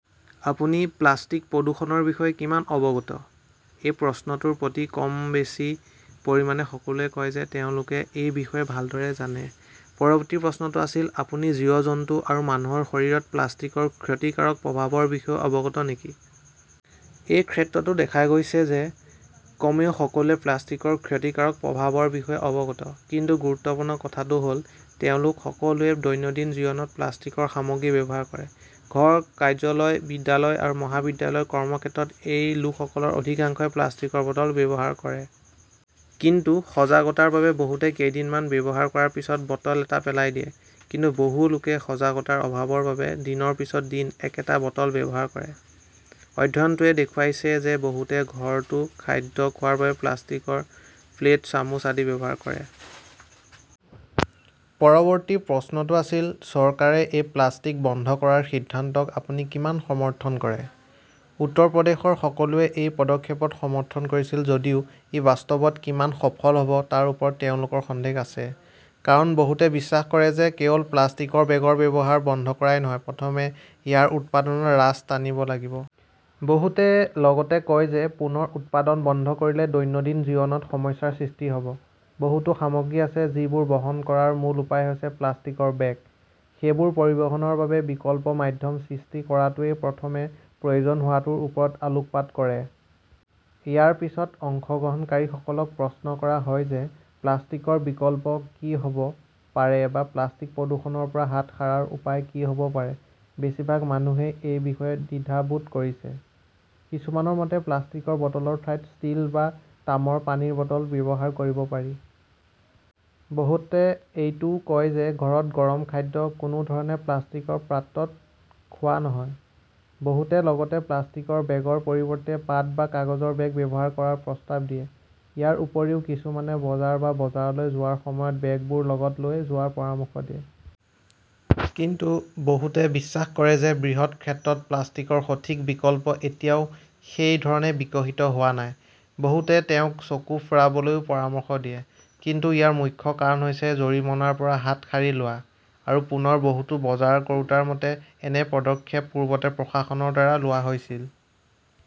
আপুনি প্লাষ্টিক প্ৰদূষণৰ বিষয়ে কিমান অৱগত? এই প্ৰশ্নটোৰ প্ৰতি কম বেছি পৰিমাণে সকলোৱে কয় যে তেওঁলোকে এই বিষয়ে ভালদৰে জানে। পৰৱৰ্তী প্ৰশ্নটো আছিল, আপুনি জীৱ-জন্তু আৰু মানুহৰ শৰীৰত প্লাষ্টিকৰ ক্ষতিকাৰক প্ৰভাৱৰ বিষয়েও অৱগত নেকি? এই ক্ষেত্ৰতো দেখা গৈছে যে কমেও সকলোৱে প্লাষ্টিকৰ ক্ষতিকাৰক প্ৰভাৱৰ বিষয়ে অৱগত। কিন্তু গুৰুত্বপূৰ্ণ কথাটো হ 'ল, তেওঁলোক সকলোৱে দৈনন্দিন জীৱনত প্লাষ্টিকৰ সামগ্ৰী ব্যৱহাৰ কৰে। ঘৰ, কাৰ্যলয়, বিদ্যালয় আৰু মহাবিদ্যালয়, কৰ্মক্ষেত্ৰত এই লোকসকলৰ অধিকাংশই প্লাষ্টিকৰ বটল ব্যৱহাৰ কৰে। কিন্তু সজাগতাৰ বাবে বহুতে কেইদিনমান ব্যৱহাৰ কৰাৰ পিছত বটল এটা পেলাই দিয়ে। কিন্তু বহু লোকে সজাগতাৰ অভাৱৰ বাবে দিনৰ পিছত দিন একেটা বটল ব্যৱহাৰ কৰে। অধ্যয়নটোৱে দেখুৱাইছে যে বহুতে ঘৰতো খাদ্য খোৱাৰ বাবে প্লাষ্টিকৰ প্লেট, চামুচ আদি ব্যৱহাৰ কৰে। পৰৱৰ্তী প্ৰশ্নটো আছিল, চৰকাৰে এই প্লাষ্টিক বন্ধ কৰাৰ সিদ্ধান্তক আপুনি কিমান সমৰ্থন কৰে? উত্তৰ প্ৰদেশৰ সকলোৱে এই পদক্ষেপক সমৰ্থন কৰিছিল যদিও ই বাস্তৱত কিমান সফল হব তাৰ ওপৰত তেওঁলোকৰ সন্দেহ আছে। কাৰণ, বহুতে বিশ্বাস কৰে যে কেৱল প্লাষ্টিকৰ বেগৰ ব্যৱহাৰ বন্ধ কৰাই নহয়, প্ৰথমে ইয়াৰ উৎপাদনত ৰাছ টানিব লাগিব। বহুতে লগতে কয় যে পুনৰ উৎপাদন বন্ধ কৰিলে দৈনন্দিন জীৱনত সমস্যাৰ সৃষ্টি হব। বহুতো সামগ্ৰী আছে যিবোৰ বহন কৰাৰ মূল উপায় হৈছে প্লাষ্টিকৰ বেগ। সেইবোৰ পৰিবহণৰ বাবে বিকল্প মাধ্যম সৃষ্টি কৰাটোৱেই প্ৰথমে প্ৰয়োজন হোৱাটোৰ ওপৰত আলোকপাত কৰে। ইয়াৰ পিছত অংশগ্ৰহণকাৰীসকলক প্ৰশ্ন কৰা হয় যে প্লাষ্টিকৰ বিকল্প কি হ 'ব পাৰে বা প্লাষ্টিক প্ৰদূষণৰ পৰা হাত সাৰাৰ উপায় কি হ' ব পাৰে, বেছিভাগ মানুহেই এই বিষয়ে দ্বিধাবোধ কৰিছে। কিছুমানৰ মতে, প্লাষ্টিকৰ বটলৰ ঠাইত ষ্টীল বা তামৰ পানীৰ বটল ব্যৱহাৰ কৰিব পাৰি। বহুতে এইটোও কয় যে ঘৰত গৰম খাদ্য কোনো ধৰণে প্লাষ্টিকৰ পাত্ৰত খোৱা নহয়। বহুতে লগতে প্লাষ্টিকৰ বেগৰ পৰিৱৰ্তে পাট বা কাগজৰ বেগ ব্যৱহাৰ কৰাৰ প্ৰস্তাৱ দিয়ে। ইয়াৰ উপৰিও, কিছুমানে বজাৰ বা বজাৰলৈ যোৱাৰ সময়ত বেগবোৰ লগত লৈ যোৱাৰ পৰামৰ্শ দিয়ে। কিন্তু বহুতে বিশ্বাস কৰে যে বৃহৎ ক্ষেত্ৰত প্লাষ্টিকৰ সঠিক বিকল্প এতিয়াও সেই ধৰণে বিকশিত হোৱা নাই। বহুতে তেওঁক চকু ফুৰাবলৈও পৰামৰ্শ দিয়ে। কিন্তু ইয়াৰ মুখ্য কাৰণ হৈছে জৰিমনাৰ পৰা হাত সাৰি লোৱা। আৰু পুনৰ, বহুতো বজাৰ কৰোঁতাৰ মতে, এনে পদক্ষেপ পূৰ্বতে প্ৰশাসনৰ দ্বাৰা লোৱা হৈছিল।